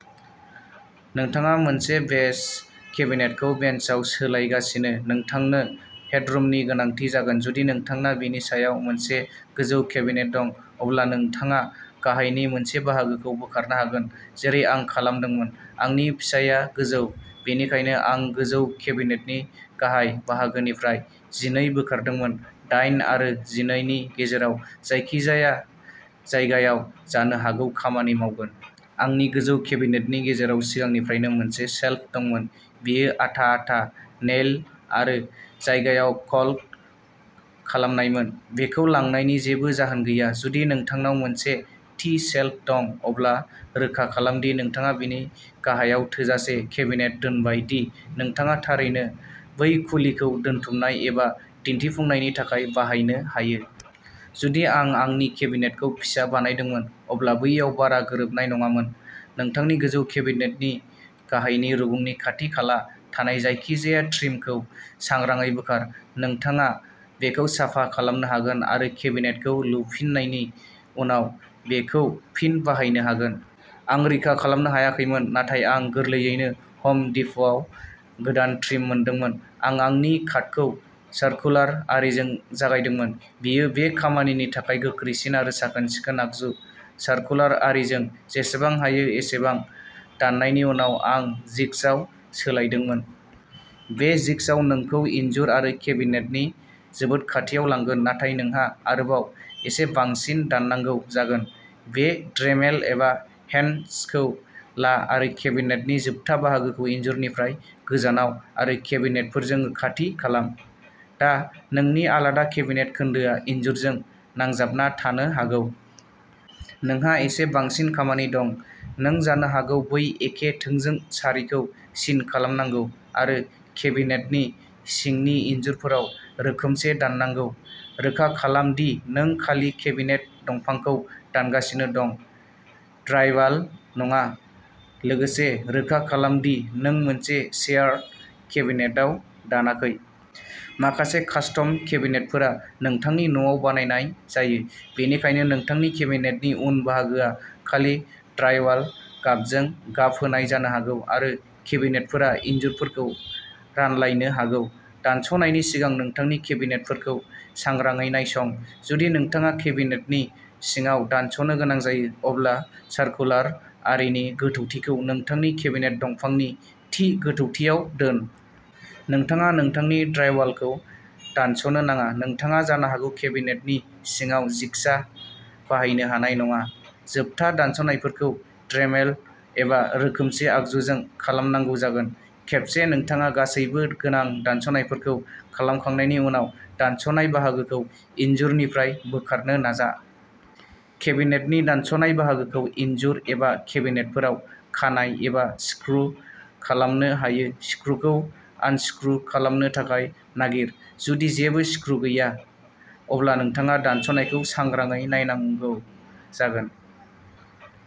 नोंथाङा मोनसे बेस केबिनेटखौ बेन्चआव सोलायगासिनो, नोंथांनो हेडरुमनि गोनांथि जागोन। जुदि नोंथाना बेनि सायाव मोनसे गोजौ केबिनेट दं, अब्ला नोंथाङा गाहायनि मोनसे बाहागोखौ बोखारनो हागोन। जेरै आं खालामदोंमोन! आंनि फिसाया गोजौ। बेनिखायनो, आं गोजौ केबिनेटनि गाहाय बाहागोनिफ्राय जिनै "बोखारदोंमोन दाइन आरो जिनै" नि गेजेराव जायखिजाया जायगायाव जानो हागौ खामानि मावगोन। आंनि गोजौ केबिनेटनि गेजेराव सिगांनिफ्रायनो मोनसे सेल्फ दंमोन। बेयो आथा-आथा, नेइल आरो जायगायाव क'लक खालामनायमोन। बेखौ लांनायनि जेबो जाहोन गैया। जुदि नोंथांनाव मोनसे थि सेल्फ दं, अब्ला रोखा खालाम दि नोंथाङा बेनि गाहायाव थोजासे केबिनेट दोनबाय दि नोंथाङा थारैनो बै खुलिखौ दोनथुमनाय एबा दिन्थिफुंनायनि थाखाय बाहायनो हायो। जुदि आं आंनि केबिनेटखौ फिसा बानायदोंमोन, अब्ला बैयाव बारा गोरोबनाय नङामोन। नोंथांनि गोजौ केबिनेटनि गाहायनि रुगुंनि खाथि-खाला थानाय जायखिजाया ट्रिमखौ सांग्राङै बोखार। नोंथाङा बेखौ साफा खालामनो हागोन आरो केबिनेटखौ लुफिननायनि उनाव बेखौ फिन बाहायनो हागोन। आं रैखा खालामनो हायाखैमोन। नाथाय आं गोरलैयैनो हम डिप'आव गोदान ट्रिम मोनदोंमोन। आं आंनि काटखौ सरकुलार आरिजों जागायदोंमोन। बेयो बे खामानिनि थाखाय गोख्रैसिन आरो साखोन-सिखोन आगजु। सरकुलार आरिजों जेसेबां हायो एसेबां दाननायनि उनाव, आं जिगसाव सोलायदोंमोन। बै जिगसाव नोंखौ इनजुर आरो केबिनेटनि जोबोद खाथियाव लांगोन, नाथाय नोंहा आरोबाव एसे बांसिन दाननांगौ जागोन। बे ड्रेमेल एबा हेन्ड सखौ ला आरो केबिनेटनि जोबथा बाहागोखौ इनजुरनिफ्राय गोजानाव आरो केबिनेटफोरजों खाथि खालाम। दा, नोंनि आलादा केबिनेट खोन्दोआ इनजुरजों नांजाबना थानो हागौ। नोंहा एसे बांसिन खामानि दं। नों जानो हागौ बै एखे थोंजों सारिखौ सिन खालामनांगौ आरो केबिनेटनि सिंनि इनजुरफोराव रोखोमसे दाननांगौ। रोखा खालाम दि नों खालि केबिनेट दंफांखौ दानगासिनो दं, ड्राइवाल नङा। लोगोसे, रोखा खालाम दि नों मोनसे सेयार्ड केबिनेटआव दानाखै। माखासे कास्टम केबिनेटफोरा नोंथांनि न'आव बानायनाय जायो, बेनिखायनो नोंथांनि केबिनेटनि उन बाहागोआ खालि ड्राइवाल गाबजों गाब होनाय जानो हागौ। आरो केबिनेटफोरा इनजुरफोरखौ रानलायनो हागौ। दानस'नायनि सिगां नोंथांनि केबिनेटफोरखौ सांग्राङै नायसं। जुदि नोंथाङा केबिनेटनि सिङाव दानस'नो गोनां जायो, अब्ला सरकुलार आरिनि गोथौथिखौ नोंथांनि केबिनेट दंफांनि थि गोथौथियाव दोन। नोंथाङा नोंथांनि ड्राइवालखौ दानस'नो नाङा। नोंथाङा जानो हागौ केबिनेटनि सिङाव जिगसा बाहायनो हानाय नङा। जोबथा दानस'नायफोरखौ ड्रेमेल एबा रोखोमसे आगजुजों खालामनांगौ जागोन। खेबसे नोंथाङा गासैबो गोनां दानस'नायफोरखौ खालामखांनायनि उनाव, दानस'नाय बाहागोखौ इनजुरनिफ्राय बोखारनो नाजा। केबिनेटनि दानस'नाय बाहागोखौ इनजुर एबा केबिनेटफोराव खानाय एबा स्क्रु खालामनो हायो। स्क्रुखौ आनस्क्रु खालामनो थाखाय नागिर। जुदि जेबो स्क्रु गैया, अब्ला नोंथाङा दानस'नायखौ सांग्राङै नायनांगौ जागोन।